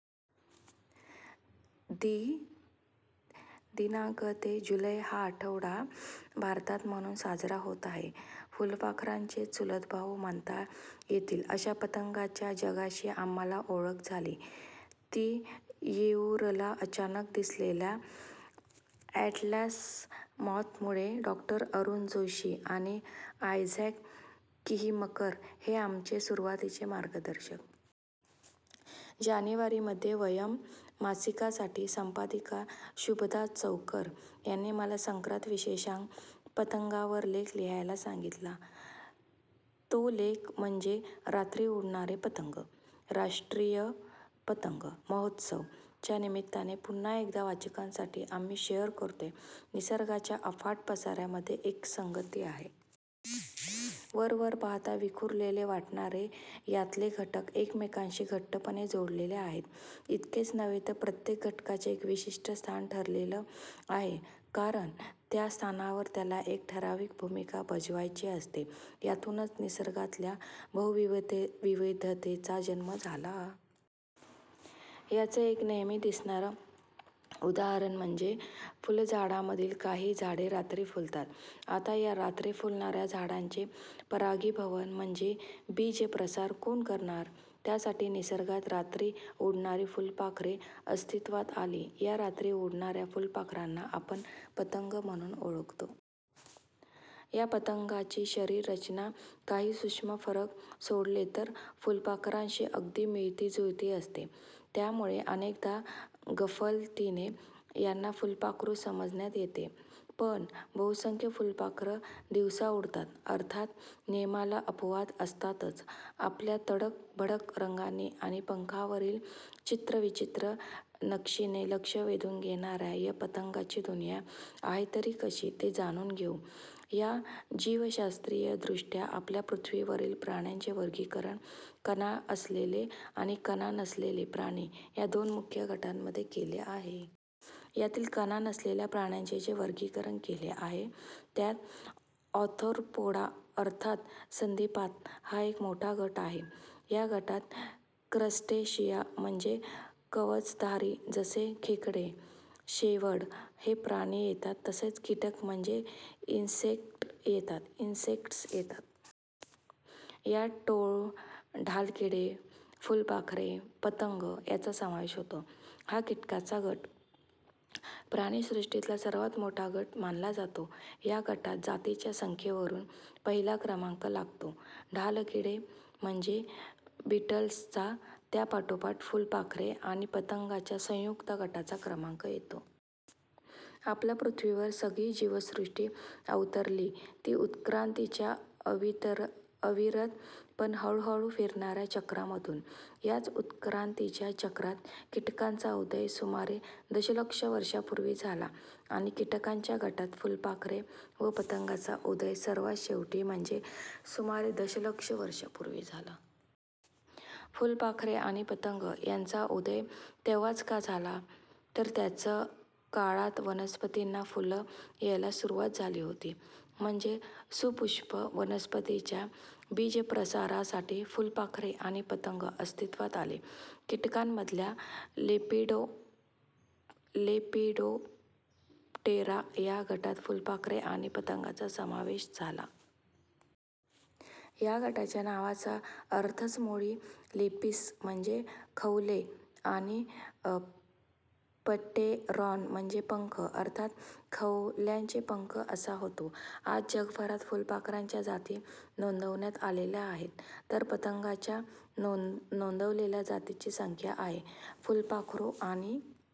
दि. ते जुलै हा आठवडा भारतात म्हणून साजरा होत आहे. फुलपाखरांचे चुलतभाऊ म्हणता येतील अशा पतंगांच्या जगाची आम्हांला ओळख झाली, ती येऊरला अचानक दिसलेल्या अॅटलास मॉथ मुळे. डॉ. अरूण जोशी आणि आयझॅक किहीमकर हे आमचे सुरुवातीचे मार्गदर्शक. जानेवारी मध्ये ''वयम्'' मासिकासाठी संपादिका शुभदा चौकर यांनी मला संक्रांत विशेषांकात ''पतंगां''वर लेख लिहायला सांगितला, तो लेख म्हणजे- 'रात्री उडणारे पतंग'. 'राष्ट्रीय ''पतंग'' महोत्सव 'च्या निमित्ताने पुन्हा एकदा वाचकांसाठी आम्ही शेअर करतोय- निसर्गाच्या अफाट पसाऱ्यामध्ये एक संगती आहे. वर वर पाहता विखुरलेले वाटणारे यातले घटक एकमेकांशी घट्टपणे जोडलेले आहेत. इतकेच नव्हे तर प्रत्येक घटकाचे एक विशिष्ठ स्थान ठरलेलं आहे, कारण त्या स्थानावर त्याला एक ठराविक भूमिका बजावायची असते. यातूनच निसर्गातल्या बहुविधतेचा जन्म झाला. याचं एक नेहमी दिसणारं उदाहरण म्हणजे, फुलझाडांमधील काही झाडे रात्री फुलतात. आता या रात्री फुलणाऱ्या झाडांचे परागीभवन म्हणजे बीज प्रसार कोण करणार? त्यासाठी निसर्गात रात्री उडणारी फुलपाखरे अस्तित्वात आली. या रात्री उडणाऱ्या फुलपाखरांना आपण 'पतंग' म्हणून ओळखतो. या पतंगांची शरीर रचना काही सूक्ष्म फरक सोडले तर फुलपाखरांशी अगदी मिळती जुळती असते, त्यामुळे अनेकदा गफलतीने यांना फुलपाखरू समजण्यात येते. पण बहुसंख्य फुलपाखरं दिवसा उडतात. अर्थात नियमाला अपवाद असतातच. आपल्या तडक भडक रंगांनी आणि पंखांवरील चित्रविचित्र नक्षिने लक्ष वेधून घेणाऱ्या या पतंगांची दुनिया आहे तरी कशी ते जाणून घेऊ या जीवशास्त्रीय दृष्ट्या आपल्या पृथ्वीवरील प्राण्यांचे वर्गिकरण कणा असलेले आणि कणा नसलेले प्राणी या दोन मुख्य गटांमध्ये केले आहे. यातील कणा नसलेल्या प्राण्यांचे जे वर्गिकरण केले आहे, त्यात ऑर्थोपोडा अर्थात संधिपाद हा एक मोठा गट आहे. या गटात क्रस्टेशिया म्हणजे कवचधारी जसे खेकडे, शेवंड हे प्राणी येतात तसेच कीटक म्हणजे इन्सेक्टस येतात. यांत टोळ, ढालकिडे, फुलपाखरे, पतंग यांचा समावेश होतो. हा कीटकांचा गट प्राणिसृष्टीतला सर्वात मोठा गट मानला जातो. या गटात जातींच्या संख्येवरुन पहिला क्रमांक लागतो ढालकिडे म्हणजे बिटल्सचा. त्यापाठोपाठ फुलपाखरे आणि पतंगांच्या संयुक्त गटाचा क्रमांक येतो. आपल्या पृथ्वीवर सगळी जीवसृष्टी अवतरली ती उत्क्रांतीच्या अविरत पण हळूहळू फिरणाऱ्या चक्रामधून. याच उतक्रांतीच्या चक्रात कीटकांचा उदय सुमारे दशलक्ष वर्षांपूर्वी झाला आणि किटकांच्या गटात फुलपाखरे व पतंगांचा उदय सर्वात शेवटी म्हणजे सुमारे दशलक्ष वर्षांपूर्वी झाला. फुलपाखरे आणि पतंग यांचा उदय तेव्हाच का झाला? तर त्याच काळात वनस्पतींना फुलं यायला सुरवात झाली होती, म्हणजे सपुष्प वनस्पतींच्या बीजप्रसारासाठी फुलपाखरे आणी पतंग अस्तित्वात आले. कीटकांमधल्या लेपिडोप्टेरा या गटात फुलपाखरे आणि पतंगांचा समावेश केला जातो. या गटाच्या नावाचा अर्थच मुळी लेपिस म्हणजे खवले आणि प्टेरॉन म्हणजे पंख अर्थात खवल्यांचे पंख असा होतो. आज जगभरात फुलपाखरांच्या जाती नोंदवण्यात आलेल्या आहेत, तर पतंगांच्या नोंदवलेल्या जातींची संख्या आहे. फुलपाखरू आणि